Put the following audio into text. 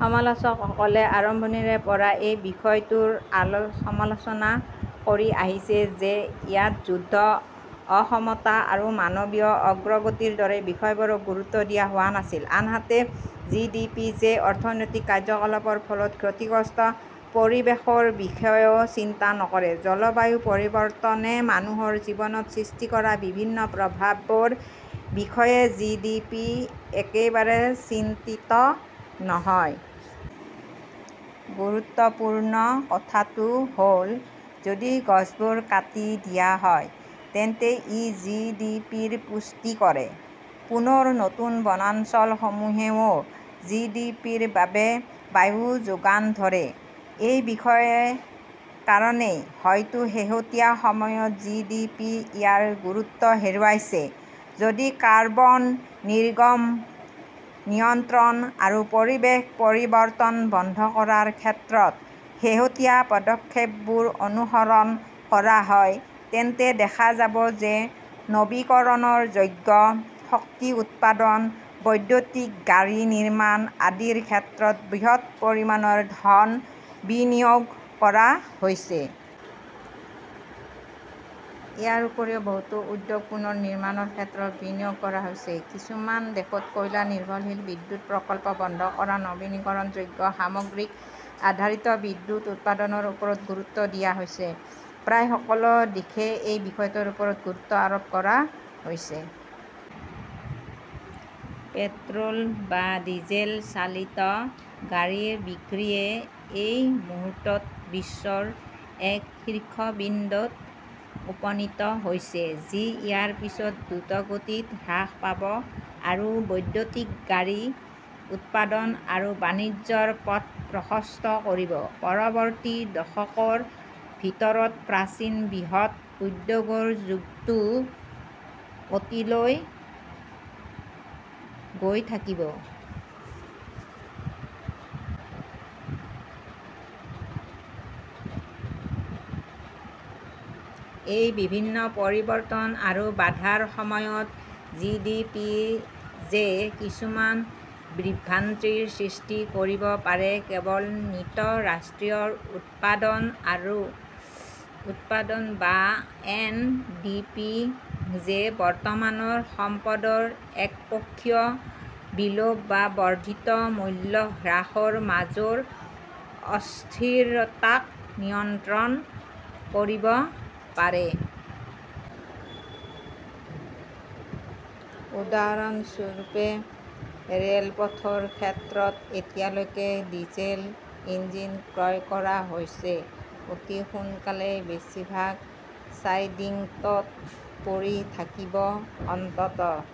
সমালোচকসকলে আৰম্ভণিৰে পৰাই এই বিষয়টোৰ সমালোচনা কৰি আহিছে যে ইয়াত যুদ্ধ, অসমতা আৰু মানৱীয় অগ্ৰগতিৰ দৰে বিষয়বোৰক গুৰুত্ব দিয়া হোৱা নাছিল। আনহাতে, জিডিপি-য়ে অৰ্থনৈতিক কাৰ্যকলাপৰ ফলত ক্ষতিগ্ৰস্ত পৰিৱেশৰ বিষয়েও চিন্তা নকৰে। জলবায়ু পৰিৱৰ্তনে মানুহৰ জীৱনত সৃষ্টি কৰা বিভিন্ন প্ৰভাৱৰ বিষয়ে জিডিপি একেবাৰে চিন্তিত নহয়। গুৰুত্বপূৰ্ণ কথাটো হ "ল যদি গছবোৰ কাটি দিয়া হয় তেন্তে ই জিডিপিৰ পুষ্টি কৰে। পুনৰ, নতুন বনাঞ্চলসমূহেও জিডিপিৰ বাবে বায়ু যোগান ধৰে। এই বিষয়ে কাৰণেই হয়তো শেহতীয়া সময়ত জিডিপি ইয়াৰ গুৰুত্ব হেৰুৱাইছে। যদি কাৰ্বন নিৰ্গমন নিয়ন্ত্ৰণ আৰু পৰিৱেশ পৰিৱৰ্তন বন্ধ কৰাৰ ক্ষেত্ৰত শেহতীয়া পদক্ষেপবোৰ অনুসৰণ কৰা হয়, তেন্তে দেখা যাব যে নৱীকৰণযোগ্য শক্তি উৎপাদন, বৈদ্যুতিক গাড়ী নিৰ্মাণ আদিৰ ক্ষেত্ৰত বৃহৎ পৰিমাণৰ ধন বিনিয়োগ কৰা হৈছে। ইয়াৰ উপৰিও বহুতো উদ্যোগ পুনৰ নিৰ্মাণৰ ক্ষেত্ৰতো বিনিয়োগ কৰা হৈছে। কিছুমান দেশত কয়লা-নিৰ্ভৰশীল বিদ্যুৎ প্ৰকল্প বন্ধ কৰা নৱীকৰণযোগ্য সামগ্ৰী-আধাৰিত বিদ্যুৎ উৎপাদনৰ ওপৰত গুৰুত্ব দিয়া হৈছে। প্ৰায় সকলো দিশে এই বিষয়টোৰ ওপৰত গুৰুত্ব আৰোপ কৰা হৈছে । পেট্ৰ "ল বা ডিজেল চালিত গাড়ীৰ বিক্ৰীয়ে এই মুহূৰ্তত বিশ্বৰ এক শীৰ্ষ বিন্দুত উপনীত হৈছে যি ইয়াৰ পিছত দ্ৰুতগতিত হ্ৰাস পাব আৰু বৈদ্যুতিক গাড়ী উৎপাদন আৰু বাণিজ্যৰ পথ প্ৰশস্ত কৰিব। পৰৱৰ্তী দশকৰ ভিতৰত প্ৰাচীন বৃহৎ উদ্যোগৰ যুগটো অতীলৈ গৈ থাকিব। এই বিভিন্ন পৰিৱৰ্তন আৰু বাধাৰ সময়ত জিডিপি-য়ে কিছু বিভ্ৰান্তিৰ সৃষ্টি কৰিব পাৰে। কেৱল নিট ৰাষ্ট্ৰীয় উৎপাদন বা এন. ডি. পি. -য়ে বৰ্তমানৰ সম্পদৰ একপক্ষীয় বিলোপ বা বৰ্ধিত মূল্যহ্ৰাসৰ মাজৰ অস্থিৰতাক নিয়ন্ত্ৰণ কৰিব পাৰে। উদাহৰণস্বৰূপে, ৰে 'লপথৰ ক্ষেত্ৰত এতিয়ালৈকে ডিজেল ইঞ্জিন ক্ৰয় কৰা হৈছে, অতি সোনকালেই বেছিভাগ চাইডিংত পৰি থাকিব, অন্ততঃ